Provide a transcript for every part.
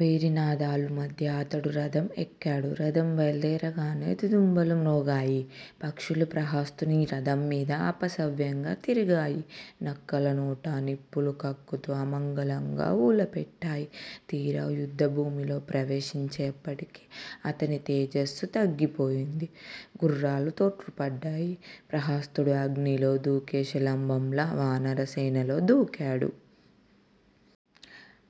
భేరినాదాలు మధ్య అతడు రథం ఎక్కాడు. రథం బైల్దేరగానే దుందుభులు మ్రోగాయి. పక్షులు ప్రహస్తుని రథంమీద అపసవ్యంగా తిరిగాయి. నక్కలను నోట నిప్పులు కక్కుతూ అమంగళంగా ఊళపెట్టాయి. తీరా యుద్దభూమిలో ప్రవేశించేప్పటికి అతని తేజస్సు తగ్గిపోయింది. గుర్రాలు తొట్రుపడ్డాయి. ప్రహస్తుడు అగ్నిలో దూకే శలభంలా వానరసేనలో దూకాడు.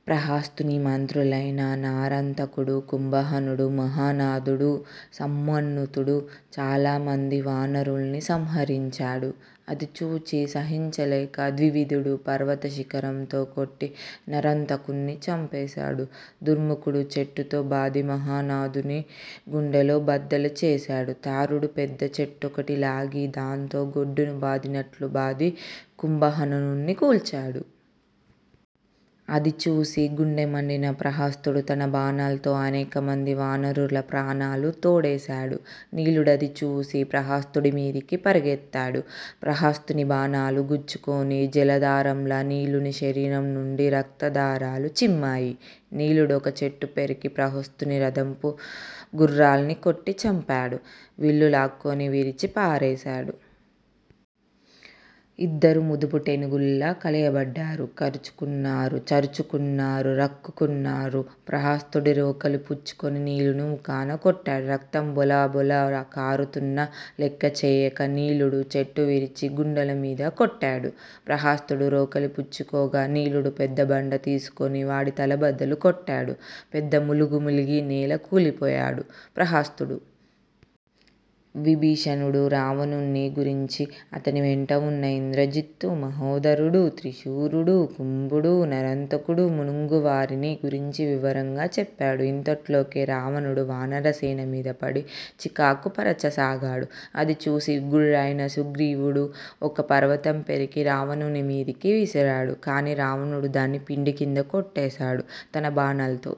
ప్రహస్తుని మంత్రులైన నరాంతకుడూ, కుంభహనుడూ, మహానాదుడూ, సమున్నతుడూ చాలమంది వానరుల్ని సంహరించాడు. అది చూచి సహించలేక ద్వివిదుడు పర్వత శిఖరంతో కొట్టి నరాంతకుణ్ణి చంపేశాడు. దుర్ముఖుడు చెట్టుతో బాది మహానాదుని గుండెలు బద్దలుచేశాడు. తారుడు పెద్ద చెట్టొకటి లాగి దాంతో గొడ్డును బాదినట్లు బాది కుంభహననుణ్ని కూల్చాడు. అది చూసి గుండెమండిన ప్రహస్తుడు తన బాణాల్తో అనేకమంది వానరుల ప్రాణాలు తోడేశాడు. నీలుడది చూసి ప్రహస్తుడిమీదికి పరిగెత్తాడు. ప్రహస్తుని బాణాలు గుచ్చుకొని జలధారంల నీలుని శరీరం నుండి రక్తధారలు చిమ్మాయి. నీలుడొక చెట్టు పెరికి ప్రహస్తుని రథపు గుర్రాల్ని కొట్టిచంపాడు. విల్లులాక్కొని విరిచి పారేశాడు. ఇద్దరూ ముదపుటేనుగుల్లా కలియబడ్డారు. కరుచుకున్నారు. చరుచుకున్నారు. రక్కుకున్నారు. ప్రహస్తుడు రోకలి పుచ్చుకొని నీలుని ముఖానకొట్టాడు. రక్తం బొళబొళ కారుతున్నా లెక్కచేయక నీలుడు చెట్టు విరిచి గుండెలమీద కొట్టాడు. ప్రహస్తుడు రోకలిపుచ్చుకోగా నీలుడు పెద్ద బండ తీసుకొని వాడి తల బద్దలు కొట్టాడు. పెద్ద మూల్గు మూల్గి నేలకూలిపోయాడు ప్రహస్తుడు. విభీషణుడు రావణుణ్ని గురించీ అతని వెంటవున్న ఇంద్రజిత్తు మహోధరుడు, త్రిశిరుడు, కుంభుడు, నరాంతకుడు మున్నగువారిని గురించి వివరంగా చెప్పాడు. ఇంతట్లోకే రావణుడు వానర సేనమీదపడి చీకాకు పరచసాగాడు. అదిచూసి ఉగ్రుడైన సుగ్రీవుడు ఒక పర్వతం పెరికి రావణుని మీదికి విసిరాడు. కాని రావణుడు దాన్ని పిండికింద కొట్టేశాడు తన బాణాల్తో.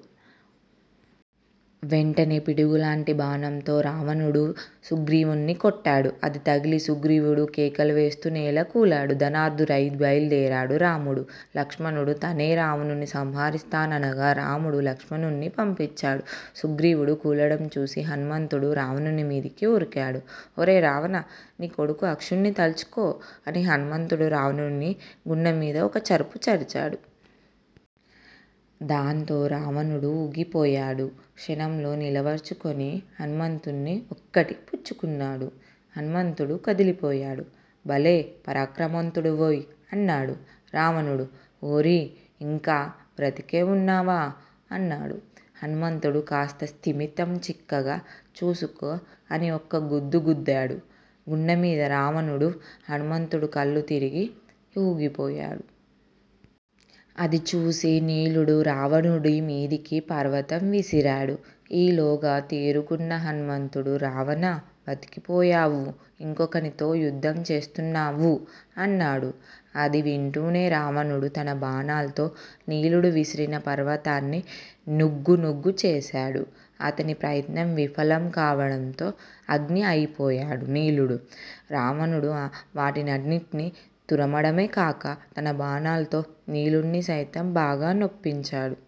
వెంటనే పిడుగులాంటి బాణంతో రావణుడు సుగ్రీవుణ్ని కొట్టాడు. అది తగిలి సుగ్రీవుడు కేకలువేస్తూ నేలకూలాడు. ధనర్దారుయై బైల్దేరాడు రాముడు. లక్ష్మణుడు తానే రావణుని సంహరిస్తాననగా రాముడు లక్ష్మణుణ్ణి పంపించాడు. సుగ్రీవుడు కూలడం చూసి హనుమంతుడు రావణుని మీదికి వురికాడు. ఒరే రావణా నీ కొడుకు అక్షుణ్ని తల్చుకో అని హనుమంతుడు రావణుని గుండెమీద ఒక్క చరుపు చరిచాడు. దాంతో రావణుడు ఊగిపోయాడు. క్షణంలో నిలవరుచుకొని హనుమంతుణ్ణి ఒక్కటి పుచ్చుకున్నాడు. హనుమంతుడు కదిలిపోయాడు. భలే పరాక్రమంతుడవోయి అన్నాడు రావణుడు. ఓరీ! ఇంకా బ్రతికే వున్నావా? అన్నాడు హనుమంతుడు. కాస్త స్థిమితం చిక్కగా చూసుకో అని ఒక్క గుద్దు గుద్దాడు గుండెమీద రావణుడు. హనుమంతుడు కళ్ళు తిరగి ఊగిపోయాడు. అదిచూసి నీలుడు రావణుడి మీదికి పర్వతం విసిరాడు. ఈలోగా తేరుకున్న హనుమంతుడు రావణా! బతికిపోయావు. ఇంకొకనితో యుద్దం చేస్తున్నావు. అన్నాడు. అది వింటూనే రావణుడు తన బాణాల్తో నీలుడు విసిరిన పర్వతాన్ని నుగ్గునుగ్గు చేశాడు. అతని ప్రయత్నం విఫలం కావడంతో అగ్నీ అయిపోయాడు నీలుడు. రావణుడు వాటినన్నింటినీ తురమడమే కాక తన బాణాల్తో నీలుణ్ని సైతం బాగా నొప్పించాడు.